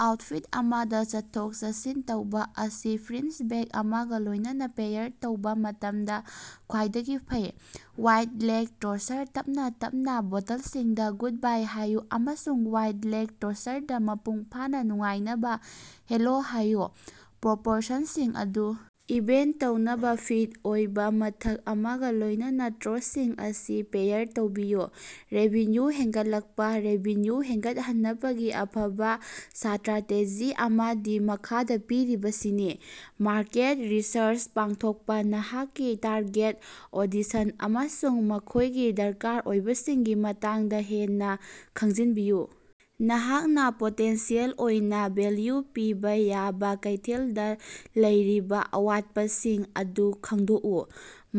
Outfit ꯑꯃꯗ ꯆꯠꯊꯣꯛ-ꯆꯠꯁꯤꯟ ꯇꯧꯕ ꯑꯁꯤ ꯐ꯭ꯔꯤꯟꯖ ꯕꯦꯒ ꯑꯃꯒ ꯂꯣꯏꯅꯅ ꯄꯦꯌꯥꯔ ꯇꯧꯕ ꯃꯇꯝꯗ ꯈ꯭ꯋꯥꯏꯗꯒꯤ ꯐꯩ꯫ ꯋꯥꯏꯗ ꯂꯦꯒ ꯇ꯭ꯔꯣꯁꯔ: ꯇꯞꯅ ꯇꯞꯅ ꯕꯣꯇꯜꯁꯤꯡꯗ ꯒꯨꯗꯕꯥꯏ ꯍꯥꯏꯌꯨ ꯑꯃꯁꯨꯡ ꯋꯥꯏꯗ ꯂꯦꯒ ꯇ꯭ꯔꯣꯁꯔꯗ ꯃꯄꯨꯡ ꯐꯥꯅ ꯅꯨꯡꯉꯥꯏꯅꯕ ꯍꯦꯂꯣ ꯍꯥꯏꯌꯨ꯫ ꯄ꯭ꯔꯣꯄꯣꯔꯁꯟꯁꯤꯡ ꯑꯗꯨ ꯏꯚꯦꯟꯇ ꯇꯧꯅꯕ ꯐꯤꯠ ꯑꯣꯏꯕ ꯃꯊꯛ ꯑꯃꯒ ꯂꯣꯏꯅꯅ ꯇ꯭ꯔꯣꯁꯁꯤꯡ ꯑꯁꯤ ꯄꯦꯌꯥꯔ ꯇꯧꯕꯤꯌꯨ꯫ ꯔꯦꯚꯤꯟꯌꯨ ꯍꯦꯟꯒꯠꯂꯛꯄ꯫ ꯔꯦꯚꯤꯟꯌꯨ ꯍꯦꯟꯒꯠꯍꯟꯅꯕꯒꯤ ꯑꯐꯕ ꯁ꯭ꯇꯔꯥꯇꯦꯖꯤ ꯑꯃꯗꯤ ꯃꯈꯥꯗ ꯄꯤꯔꯤꯕꯁꯤꯅꯤ: ꯃꯥꯔꯀꯦꯠ ꯔꯤꯁꯔꯆ ꯄꯥꯡꯊꯣꯛꯄ: ꯅꯍꯥꯛꯀꯤ ꯇꯥꯔꯒꯦꯠ ꯑꯣꯗꯤꯁꯟ ꯑꯃꯁꯨꯡ ꯃꯈꯣꯏꯒꯤ ꯗꯔꯀꯥꯔ ꯑꯣꯏꯕꯁꯤꯡꯒꯤ ꯃꯇꯥꯡꯗ ꯍꯦꯟꯅ ꯈꯪꯖꯤꯟꯕꯤꯌꯨ꯫ ꯅꯍꯥꯛꯅ ꯄꯣꯇꯦꯟꯁꯤꯌꯦꯜ ꯑꯣꯏꯅ ꯚꯦꯜꯌꯨ ꯄꯤꯕ ꯌꯥꯕ ꯀꯩꯊꯦꯜꯗ ꯂꯩꯔꯤꯕ ꯑꯋꯥꯠꯄꯥꯁꯤꯡ ꯑꯗꯨ ꯈꯪꯗꯣꯛꯎ꯫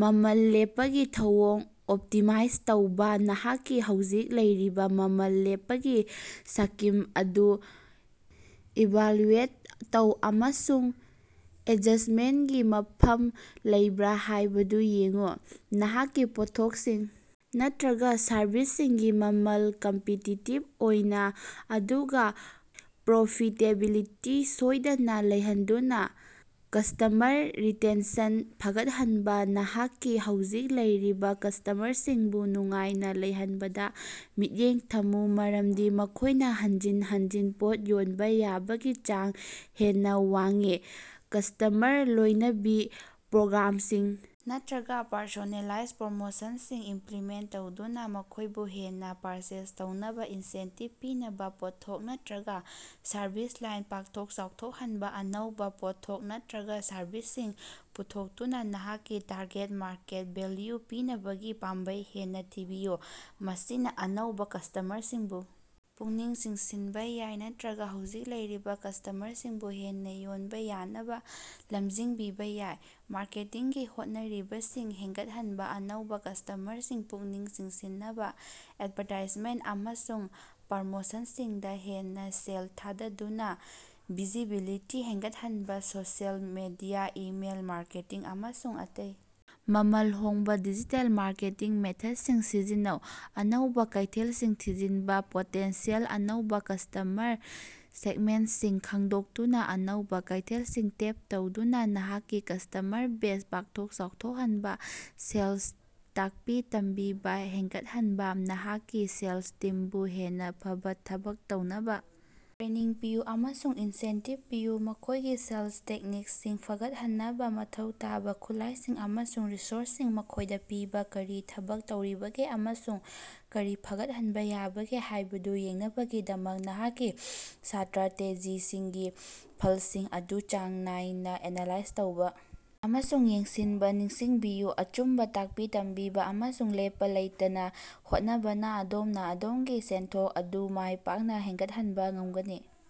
ꯃꯃꯜ ꯂꯦꯞꯄꯒꯤ ꯊꯧꯑꯣꯡ ꯑꯣꯞꯇꯤꯃꯥꯏꯖ ꯇꯧꯕꯥ: ꯅꯍꯥꯛꯀꯤ ꯍꯧꯖꯤꯛ ꯂꯩꯔꯤꯕ ꯃꯃꯜ ꯂꯦꯞꯄꯒꯤ ꯁ꯭ꯀꯤꯝ ꯑꯗꯨ ꯏꯚꯥꯜꯌꯨꯑꯦꯠ ꯇꯧ ꯑꯃꯁꯨꯡ ꯑꯦꯗꯖꯁ꯭ꯇꯃꯦꯟꯠꯀꯤ ꯃꯐꯝ ꯂꯩꯕ꯭ꯔꯥ ꯍꯥꯏꯕꯗꯨ ꯌꯦꯡꯎ꯫ ꯅꯍꯥꯛꯀꯤ ꯄꯣꯠꯊꯣꯛꯁꯤꯡ ꯅꯠꯇꯔꯒ ꯁꯔꯚꯤꯁꯁꯤꯡꯒꯤ ꯃꯃꯜ ꯀꯝꯄꯤꯇꯤꯇꯤꯕ ꯑꯣꯏꯅ, ꯑꯗꯨꯒ ꯄ꯭ꯔꯣꯐꯤꯇꯦꯕꯤꯂꯤꯇꯤ ꯁꯣꯏꯗꯅ ꯂꯩꯍꯟꯗꯨꯅ꯫ ꯀꯁ꯭ꯇꯃꯔ ꯔꯤꯇꯦꯟꯁꯟ ꯐꯒꯠꯍꯟꯕ: ꯅꯍꯥꯛꯀꯤ ꯍꯧꯖꯤꯛ ꯂꯩꯔꯤꯕ ꯀꯁ꯭ꯇꯃꯔꯁꯤꯡꯕꯨ ꯅꯨꯡꯉꯥꯏꯅ ꯂꯩꯍꯟꯕꯗ ꯃꯤꯠꯌꯦꯡ ꯊꯝꯃꯨ, ꯃꯔꯝꯗꯤ ꯃꯈꯣꯏꯅ ꯍꯟꯖꯤꯟ ꯍꯟꯖꯤꯟ ꯄꯣꯠ ꯌꯣꯟꯕ ꯌꯥꯕꯒꯤ ꯆꯥꯡ ꯍꯦꯟꯅ ꯋꯥꯡꯏ꯫ ꯀꯁ꯭ꯇꯃꯔ ꯂꯣꯏꯅꯕꯤ ꯄ꯭ꯔꯣꯒ꯭ꯔꯥꯝꯁꯤꯡ ꯅꯠꯇꯔꯒ ꯄꯔꯁꯣꯅꯦꯂꯥꯏꯖ ꯄ꯭ꯔꯣꯃꯣꯁꯟꯁꯤꯡ ꯏꯝꯄꯂꯤꯃꯦꯟꯠ ꯇꯧꯗꯨꯅ ꯃꯈꯣꯏꯕꯨ ꯍꯦꯟꯅ ꯄꯔꯆꯦꯖ ꯇꯧꯅꯕ ꯏꯟꯁꯦꯟꯇꯤꯕ ꯄꯤꯅꯕ꯫ ꯄꯣꯠꯊꯣꯛ ꯅꯠꯇꯔꯒ ꯁꯔꯚꯤꯁ ꯂꯥꯏꯟ ꯄꯥꯛꯊꯣꯛ ꯆꯥꯎꯊꯣꯛꯍꯟꯕ: ꯑꯅꯧꯕ ꯄꯣꯠꯊꯣꯛ ꯅꯠꯇꯔꯒ ꯁꯔꯚꯤꯁꯁꯤꯡ ꯄꯨꯊꯣꯛꯇꯨꯅ ꯅꯍꯥꯛꯀꯤ ꯇꯥꯔꯒꯦꯠ ꯃꯥꯔꯀꯦꯠꯇ ꯚꯦꯜꯌꯨ ꯄꯤꯅꯕꯒꯤ ꯄꯥꯝꯕꯩ ꯍꯦꯟꯅ ꯊꯤꯕꯤꯌꯨ꯫ ꯃꯁꯤꯅ ꯑꯅꯧꯕ ꯀꯁ꯭ꯇꯃꯔꯁꯤꯡꯕꯨ ꯄꯨꯛꯅꯤꯡ ꯆꯤꯡꯁꯤꯟꯕ ꯌꯥꯏ ꯅꯠꯇꯔꯒ ꯍꯧꯖꯤꯛ ꯂꯩꯔꯤꯕ ꯀꯁ꯭ꯇꯃꯔꯁꯤꯡꯕꯨ ꯍꯦꯟꯅ ꯌꯣꯟꯕ ꯌꯥꯅꯕ ꯂꯝꯖꯤꯡꯕꯤꯕ ꯌꯥꯏ꯫ ꯃꯥꯔꯀꯦꯇꯤꯡꯒꯤ ꯍꯣꯠꯅꯔꯤꯕꯁꯤꯡ ꯍꯦꯟꯒꯠꯍꯟꯕ: ꯑꯅꯧꯕ ꯀꯁ꯭ꯇꯃꯔꯁꯤꯡ ꯄꯨꯛꯅꯤꯡ ꯆꯤꯡꯁꯤꯟꯅꯕ ꯑꯦꯗꯚꯥꯔꯇꯥꯏꯖꯃꯦꯟꯠ ꯑꯃꯁꯨꯡ ꯄ꯭ꯔꯃꯣꯁꯟꯁꯤꯡꯗ ꯍꯦꯟꯅ ꯁꯦꯜ ꯊꯥꯗꯗꯨꯅ ꯚꯤꯖꯤꯕꯤꯂꯤꯇꯤ ꯍꯦꯟꯒꯠꯍꯟꯕ꯫ ꯁꯣꯁꯤꯑꯦꯜ ꯃꯤꯗꯤꯌꯥ, ꯏꯃꯦꯏꯜ ꯃꯥꯔꯀꯦꯇꯤꯡ, ꯑꯃꯁꯨꯡ ꯑꯇꯩ ꯃꯃꯜ ꯍꯣꯡꯕ ꯗꯤꯖꯤꯇꯦꯜ ꯃꯥꯔꯀꯦꯇꯤꯡ ꯃꯦꯊꯠꯁꯤꯡ ꯁꯤꯖꯤꯟꯅꯧ꯫ ꯑꯅꯧꯕꯥ ꯀꯩꯊꯦꯜꯁꯤꯡ ꯊꯤꯖꯤꯟꯕ: ꯄꯣꯇꯦꯟꯁꯤꯌꯦꯜ ꯑꯅꯧꯕ ꯀꯁ꯭ꯇꯃꯔ ꯁꯦꯒꯃꯦꯟꯠꯁꯤꯡ ꯈꯪꯗꯣꯛꯇꯨꯅ ꯑꯅꯧꯕ ꯀꯩꯊꯦꯜꯁꯤꯡ ꯇꯦꯞ ꯇꯧꯗꯨꯅ ꯅꯍꯥꯛꯀꯤ ꯀꯁ꯭ꯇꯃꯔ ꯕꯦꯖ ꯄꯥꯛꯊꯣꯛ ꯆꯥꯎꯊꯣꯛꯍꯟꯕ꯫ ꯁꯦꯜꯁ ꯇꯥꯛꯄꯤ-ꯇꯝꯕꯤꯕ ꯍꯦꯟꯒꯠꯍꯟꯕ: ꯅꯍꯥꯛꯀꯤ ꯁꯦꯜꯁ ꯇꯤꯝꯕꯨ ꯍꯦꯟꯅ ꯐꯕ ꯊꯕꯛ ꯇꯧꯅꯕ ꯇ꯭ꯔꯦꯅꯤꯡ ꯄꯤꯌꯨ ꯑꯃꯁꯨꯡ ꯏꯟꯁꯦꯟꯇꯤꯕ ꯄꯤꯌꯨ꯫ ꯃꯈꯣꯏꯒꯤ ꯁꯦꯜꯁ ꯇꯦꯛꯅꯤꯛꯁꯤꯡ ꯐꯒꯠꯍꯟꯅꯕ ꯃꯊꯧ ꯇꯥꯕ ꯈꯨꯠꯂꯥꯏꯁꯤꯡ ꯑꯃꯁꯨꯡ ꯔꯤꯁꯣꯔꯁꯁꯤꯡ ꯃꯈꯣꯏꯗ ꯄꯤꯕ꯫ ꯀꯔꯤ ꯊꯕꯛ ꯇꯧꯔꯤꯕꯒꯦ ꯑꯃꯁꯨꯡ ꯀꯔꯤ ꯐꯒꯠꯍꯟꯕ ꯌꯥꯕꯒꯦ ꯍꯥꯏꯕꯗꯨ ꯌꯦꯡꯅꯕꯒꯤꯗꯃꯛ ꯅꯍꯥꯛꯀꯤ ꯁ꯭ꯇꯔꯥꯇꯦꯖꯤꯁꯤꯡꯒꯤ ꯐꯜꯁꯤꯡ ꯑꯗꯨ ꯆꯥꯡ ꯅꯥꯏꯅ ꯑꯦꯅꯥꯂꯥꯏꯖ ꯇꯧꯕ ꯑꯃꯁꯨꯡ ꯌꯦꯡꯁꯤꯟꯕ ꯅꯤꯡꯁꯤꯡꯕꯤꯌꯨ꯫ ꯑꯆꯨꯝꯕ ꯇꯥꯛꯄꯤ ꯇꯝꯕꯤꯕ ꯑꯃꯁꯨꯡ ꯂꯦꯞꯄ ꯂꯩꯇꯅ ꯍꯣꯠꯅꯕꯅ ꯑꯗꯣꯝꯅ ꯑꯗꯣꯃꯒꯤ ꯁꯦꯟꯊꯣꯛ ꯑꯗꯨ ꯃꯥꯏ ꯄꯥꯛꯅ ꯍꯦꯟꯒꯠꯍꯟꯕꯥ ꯉꯝꯒꯅꯤ꯫